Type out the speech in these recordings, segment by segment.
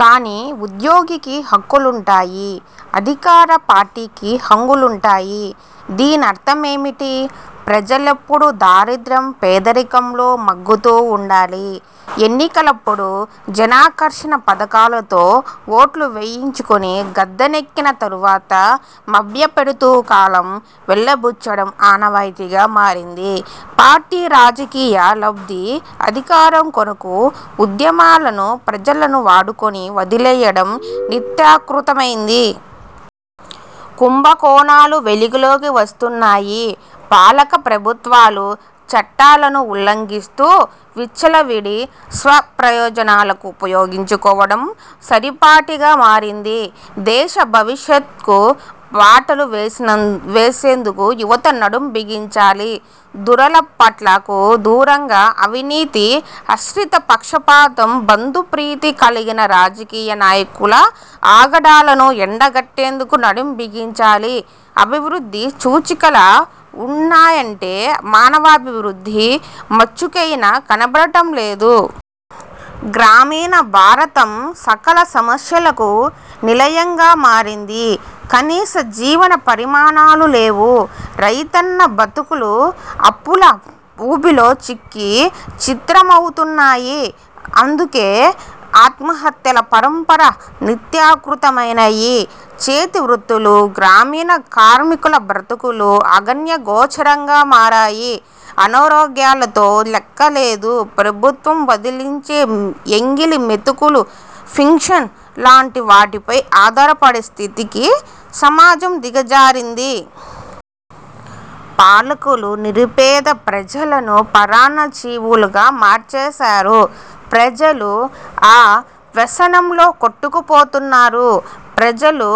కానీ ఉద్యోగికి హక్కులుంటాయి. అధికార పార్టీకి హంగులుంటాయి? దీనర్థమేమిటి? ప్రజలెప్పుడూ దారిద్య్రం, పేదరికంలో మగ్గుతూ ఉండాలి. ఎన్నికలప్పుడు జనాకర్షణ పథకాలతో ఓట్లు వేయించుకొని గద్దెనెక్కిన తర్వాత మభ్యపెడుతూ కాలం వెలిబుచ్చడం ఆనవాయితీగా మారింది. పార్టీ రాజకీయ లబ్ధి, అధికారం కొరకు ఉద్యమాలను, ప్రజలను వాడుకొని వదిలెయ్యడం నిత్యకృత్యమైంది. కుంభకోణాలు వెలుగులోకి వస్తున్నాయి. పాలక ప్రభుత్వాలు చట్టాలను ఉల్లంఘిస్తూ, విచ్చలవిడి స్వప్రయోజనాలకు ఉపయోగించుకోవడం పరిపాటిగా మారింది. దేశ భవిష్యత్కు బాటలు వేసేందుకు యువత నడుం బిగించాలి. దురలవాట్లకు దూరంగా, అవినీతి, అశ్రితపక్షపాతం, బంధుప్రీతి కలిగిన రాజకీయ నాయకుల ఆగడాలను ఎండకట్టేందుకు నడుం బిగించాలి. అభివృద్ధి సూచికలెలా ఉన్నాయంటే మానవాభివృద్ధి మచ్చుకైన కనబడటం లేదు. గ్రామీణ భారతం సకల సమస్యలకు నిలయంగా మారింది. కనీస జీవన ప్రమాణాలు లేవు. రైతన్న బతుకు అప్పుల ఊబిలో చిక్కి ఛిద్రమవుతున్నది. అందుకే ఆత్మహత్యల పరంపర నిత్యకృత్యమైనాయి. చేతివృత్తులు, గ్రామీణ కార్మికుల బ్రతుకులు అగమ్యగోచరంగా మారాయి. అనారోగ్యాలకు లెక్కలేదు. ప్రభుత్వం విదిలించే ఎంగిలి మెతుకులు పెన్షన్ లాంటి వాటిపై ఆధారపడే స్థితికి సమాజం దిగజారింది. పాలకులు నిరుపేద ప్రజలను పరాన్నజీవులుగా మార్చేసారు. ప్రజలు ఆ వ్యసనంలో కొట్టుకపోతున్నారు. ప్రజలు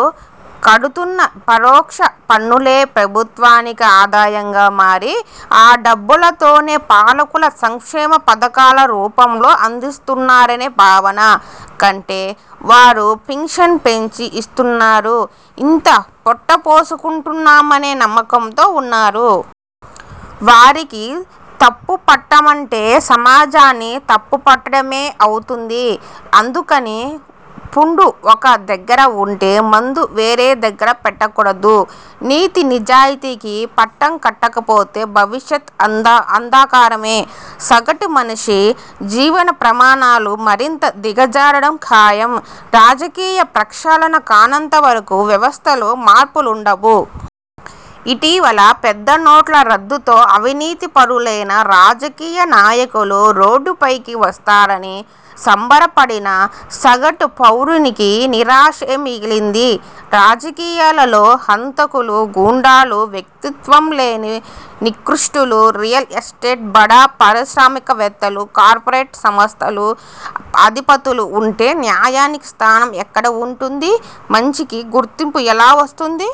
కడుతున్న పరోక్ష పన్నులే, ప్రభుత్వానికి ఆదాయంగా మారి ఆ డబ్బుతోనే పాలకులు సంక్షేమ పథకాల రూపంలో అందిస్తున్నారనే భావన కంటే, వారు పెన్షన్ పెంచి ఇస్తున్నారు. ఇంత పొట్టపోసుకుంటున్నామనే నమ్మకంతో ఉన్నారు. వారిని తప్పుపట్టడమంటే సమాజాన్ని తప్పుపట్టడమే అవుతుంది. అందుకని పుండు ఒక దగ్గర వుంటే, మందు వేరే దగ్గర పెట్టకూడదు. నీతి, నిజాయితికి పట్టం కట్టకపోతే, భవిష్యత్ అంధకారమే. సగటు మనిషి జీవన ప్రమాణాలు మరింత దిగజారడం ఖాయం. రాజకీయాలు ప్రక్షాళన కానంత వరకు వ్యవస్థలో మార్పులుండవు. ఇటీవల పెద్ద నోట్ల రద్దుతో అవినీతిపరులైన రాజకీయ నాయకులు రోడ్డుపైకి వస్తారని సంబరపడిన సగటు పౌరుడికి నిరాశే మిగిలింది. రాజకీయాలలో హంతకులు, గుండాలు, వ్యక్తిత్వం లేని నికృష్టులు, రియల్ఎస్టేట్, బడా పారిశ్రామికవేత్తలు, కార్పోరేట్ సంస్థల ఆధిపతులు ఉంటే న్యాయానికి స్థానం ఎక్కడ వుంటుంది? మంచికి గుర్తింపు ఎలా వస్తుంది?